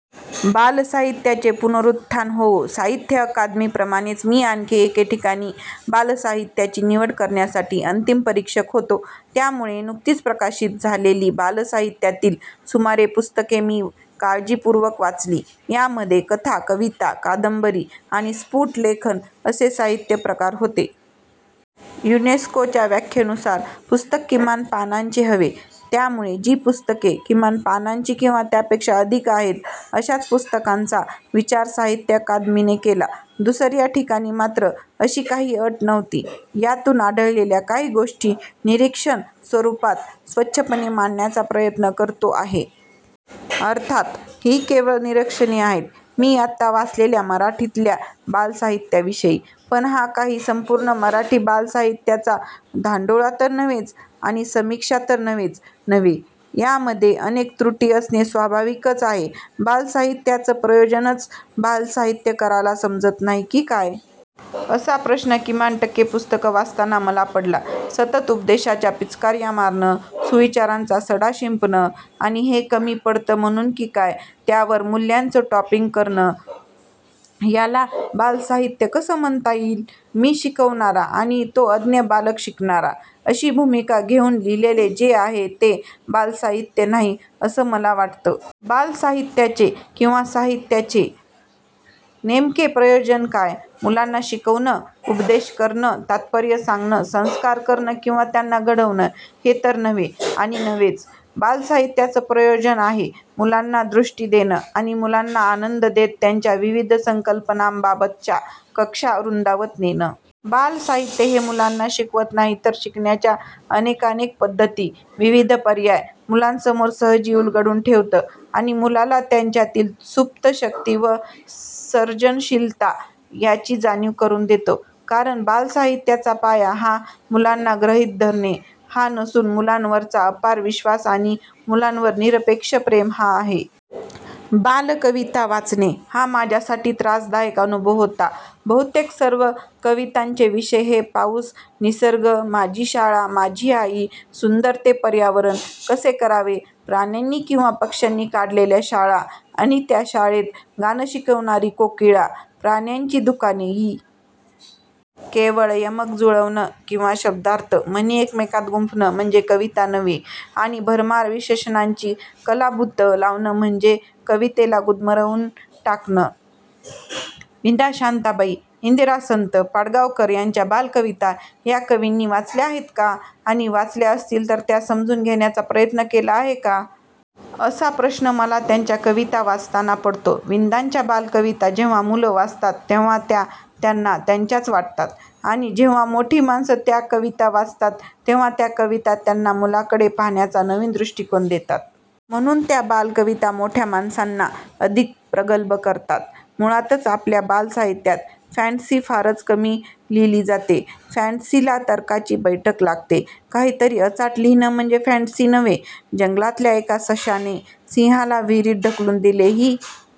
बालसाहित्याचे पुनरुत्थान होवो.. साहित्य अकादमी प्रमाणेच मी आणखी एके ठिकाणी 'बाल साहित्याची निवड करण्यासाठी' अंतीम परीक्षक होतो. त्यामुळे नुकतीच प्रकाशित झालेली बालसाहित्यातील सुमारे पुस्तके मी काळजीपूर्वक वाचली. यामधे कथा, कविता, कादंबरी आणि स्पूट लेखन असे साहित्य प्रकार होते. युनेस्कोच्या व्याखेनुसार पुस्तक किमान पानांचे हवे. त्यामुळे जी पुस्तके किमान पानांची किंवा त्यापेक्षा अधिक आहेत अशाच पुस्तकांचा विचार साहित्य अकादमीने केला. दुसर्या ठिकाणी मात्र अशी काही अट नव्हती. यातून आढळलेल्या काही गोष्टी निरीक्षण स्वरुपात स्वच्छपणे मांडण्याचा प्रयत्न करतो आहे. अर्थात ही केवळ निरिक्षणे आहेत मी आत्ता वाचलेल्या मराठीतल्या बालसाहित्याविषयी. पण हा काही संपूर्ण मराठी बालसाहित्याचा धांडोळा तर नव्हेच आणि समीक्षा तर नव्हेच नव्हे. यामधे अनेक त्रुटी असणे स्वाभाविकच आहे. बालसाहित्याचं प्रयोजनच बालसाहित्यकाराला समजत नाही की काय? असा प्रश्न किमान टक्के पुस्तकं वाचताना मला पडला. सतत उपदेशाच्या पिचकार्या मारणं, सुविचारांचा सडा शिंपणं आणि हे कमी पडतं म्हणून की काय त्यावर 'मूल्यांचं टॉपिंग' करणं याला बालसाहित्य कसं म्हणता येईल. 'मी शिकवणारा आणि तो अज्ञ बालक शिकणारा' अशी भूमिका घेऊन लिहिलेले जे आहे ते बालसाहित्य नाही असं मला वाटतं. बालसाहित्याचे किंवा साहित्याचे नेमके प्रयोजन काय? मुलांना शिकवणं, उपदेश करणं, तात्पर्य सांगणं, संस्कार करणं किंवा त्यांना घडवणं हे तर नव्हे आणि नव्हेच. बालसाहित्याचं प्रयोजन आहे, मुलांना दृष्टी देणं आणि मुलांना आनंद देत त्यांच्या विविध संकल्पनांबाबतच्या कक्षा रुंदावत नेणं. बालसाहित्य हे मुलांना शिकवत नाही तर शिकण्याच्या अनेकानेक पध्दती, विविध पर्याय मुलांसमोर सहजी उलगडून ठेवतं आणि मुलाला त्याच्यातील सूप्त शक्ती व सर्जनशीलता यांची जाणीव करून देतं. कारण बालसाहित्याचा पाया हा 'मुलांना गृहित धरणे' हा नसून 'मुलांवरचा अपार विश्वास आणि मुलांवर निरपेक्ष प्रेम' हा आहे. बालकविता वाचणे हा माझ्यासाठी त्रासदायक अनुभव होता. बहुतेक सर्व कवितांचे विषय हे पाऊस, निसर्ग, माझी शाळा, माझी आई, सुंदर ते पर्यावरण कसे करावे, प्राण्यांनी किंवा पक्ष्यांनी काढलेल्या शाळा आणि त्या शाळेत गाणं शिकवणारी कोकिळा, प्राण्यांची दुकाने इ. केवळ यमक जुळवणं किंवा शब्दार्थ, म्हणी एकमेकांत गुंफणं म्हणजे कविता नव्हे. आणि भरमार विशेषणांची कलाबुतं लावणं म्हणजे कवितेला गुदमरवून टाकणं. विंदा, शांताबाई, इंदिरा संत, पाडगावकर यांच्या बालकविता या कविंनी वाचल्या आहेत का? आणि वाचल्या असतील तर त्या समजून घेण्याचा प्रयत्न केला आहे का? असा प्रश्न मला 'त्यांच्या कविता' वाचताना पडतो. विंदांच्या बालकविता जेव्हा मुलं वाचतात तेव्हा त्या त्यांना त्यांच्याच वाटतात. आणि जेव्हा मोठी माणसं त्या कविता वाचतात तेव्हा त्या कविता त्यांना मुलांकडे पाहण्याचा नवीन दृष्टिकोन देतात. म्हणून त्या बालकविता मोठ्यामाणसांना अधिक प्रगल्भ करतात. मुळातच आपल्या बालसाहित्यात फॅंटसी फारच कमी लिहिली जाते. फॅंटसीला तर्काची बैठक लागते. काहीतरी अचाट लिहिणं म्हणजे फॅंटसी नव्हे. जंगलातल्या एका सशाने सिंहाला विहिरीत ढकलून दिले ही